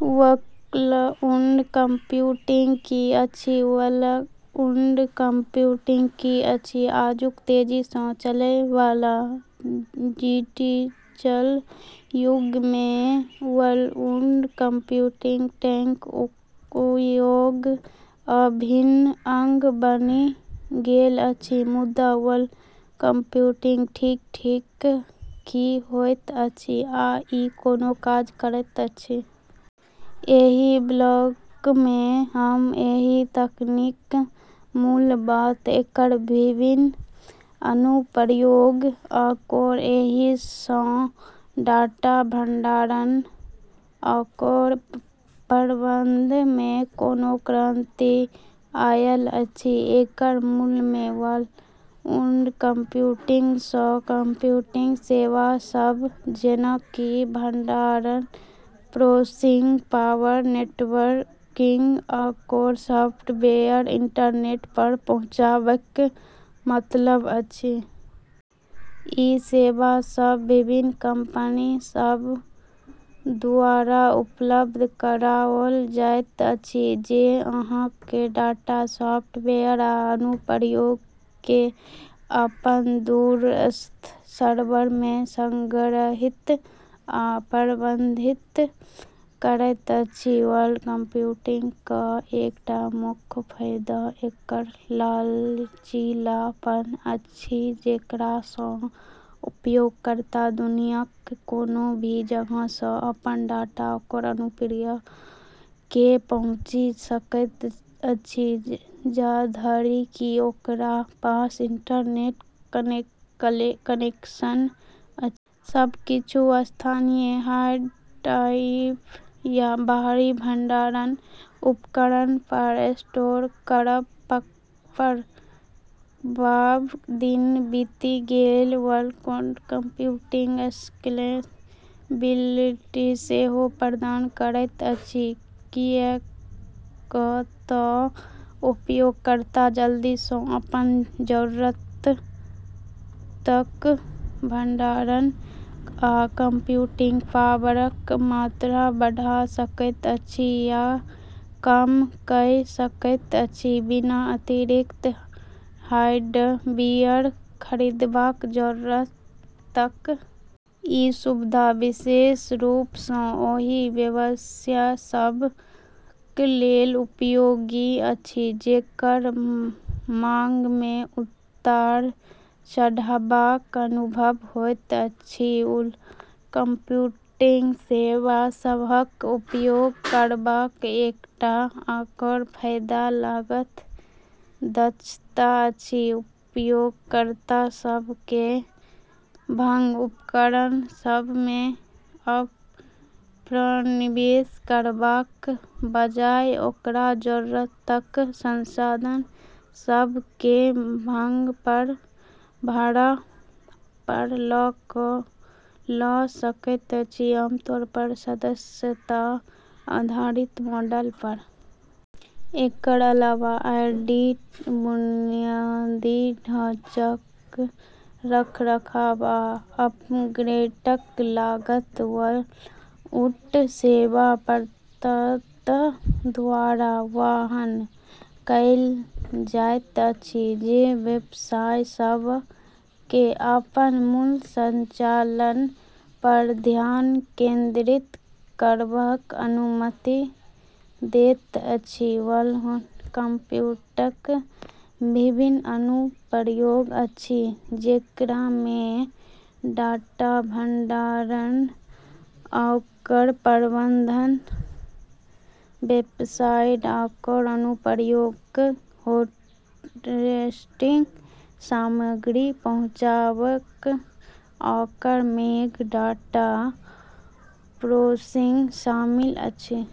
Cloud computing की अछि? Cloud computing की अछि? आजुक तेजी सँ चलै बला डिजिटल युग मे क्लाउड कंप्यूटिंग टेक उद्योगक अभिन्न अंग बनि गेल अछि। मुदा क्लाउड कंप्यूटिंग ठीक-ठीक की होइत अछि, आ ई कोना काज करैत अछि? एहि ब्लॉग मे हम एहि तकनीकक मूल बात, एकर विभिन्न अनुप्रयोग, आओर एहि सँ डाटा भंडारण आओर प्रबंधन मे कोना क्रांति आयल अछि। एकर मूल मे क्लाउड कंप्यूटिंग सँ कंप्यूटिंग सेवा सभ-जेना कि भंडारण, प्रोसेसिंग पावर, नेटवर्किंग आओर सॉफ्टवेयर-इंटरनेट पर पहुँचेबाक मतलब अछि। ई सेवा सभ विभिन्न कंपनी सभ द्वारा उपलब्ध कराओल जाइत अछि, जे अहाँक डाटा, सॉफ्टवेयर आ अनुप्रयोग केँ अपन दूरस्थ सर्वर मे संग्रहीत आ प्रबंधित करैत अछि। क्लाउड कंप्यूटिंगक एकटा मुख्य फायदा एकर लचीलापन अछि, जेकरा सँ उपयोगकर्ता दुनियाक कोनो भी जगह सँ अपन डाटा आओर अनुप्रयोग केँ पहुँची सकैत अछि, जाधरि कि ओकरा पास इंटरनेट कनेक्शन अछि। सब किछु स्थानीय हार्ड ड्राइव या बाहरी भंडारण उपकरण पर स्टोर करब पड़बाक दिन बीति गेल। क्लाउड कंप्यूटिंग स्केलेबिलिटी सेहो प्रदान करैत अछि, कियाक तँ उपयोगकर्ता जल्दी सँ अपन जरूरतक भंडारण आ कंप्यूटिंग पावरक मात्रा बढ़ा सकैत अछि या कम कइ सकैत अछि, बिना अतिरिक्त हार्डवेयर खरीदबाक जरूरतक। ई सुविधा विशेष रूप सँ ओहि व्यवसाय सभ लेल उपयोगी अछि, जेकर मांग मे उतार-चढ़ावक अनुभव होइत अछि। क्लाउड कंप्यूटिंग सेवा सभक उपयोग करबाक एकटा आओर फायदा लागत दक्षता अछि। उपयोगकर्ता सभ केँ महग उपकरण सभ मे अपफ्रंट निवेश करबाक बजाय, ओकरा जरूरतक संसाधन सभ केँ मांग पर भाड़ा पर लऽ सकैत अछि, आमतौर पर सदस्यता आधारित मॉडल पर। एकर अलावा आईटी बुनियादी ढाँचाक रखरखाव आ अपग्रेडक लागत क्लाउड सेवा प्रदाता द्वारा वहन कएल जाइत अछि, जे व्यवसाय सभ केँ अपन मूल संचालन पर ध्यान केंद्रित करबाक अनुमति दैत अछि। क्लाउड कंप्यूटिंगक विभिन्न अनुप्रयोग अछि, जेकरा मे डाटा भंडारण आओर प्रबंधन, वेबसाइट आओर अनुप्रयोगक होस्टिंग, सामग्री पहुँचाओब, आओर पैघ डाटा प्रोसेसिंग शामिल अछि।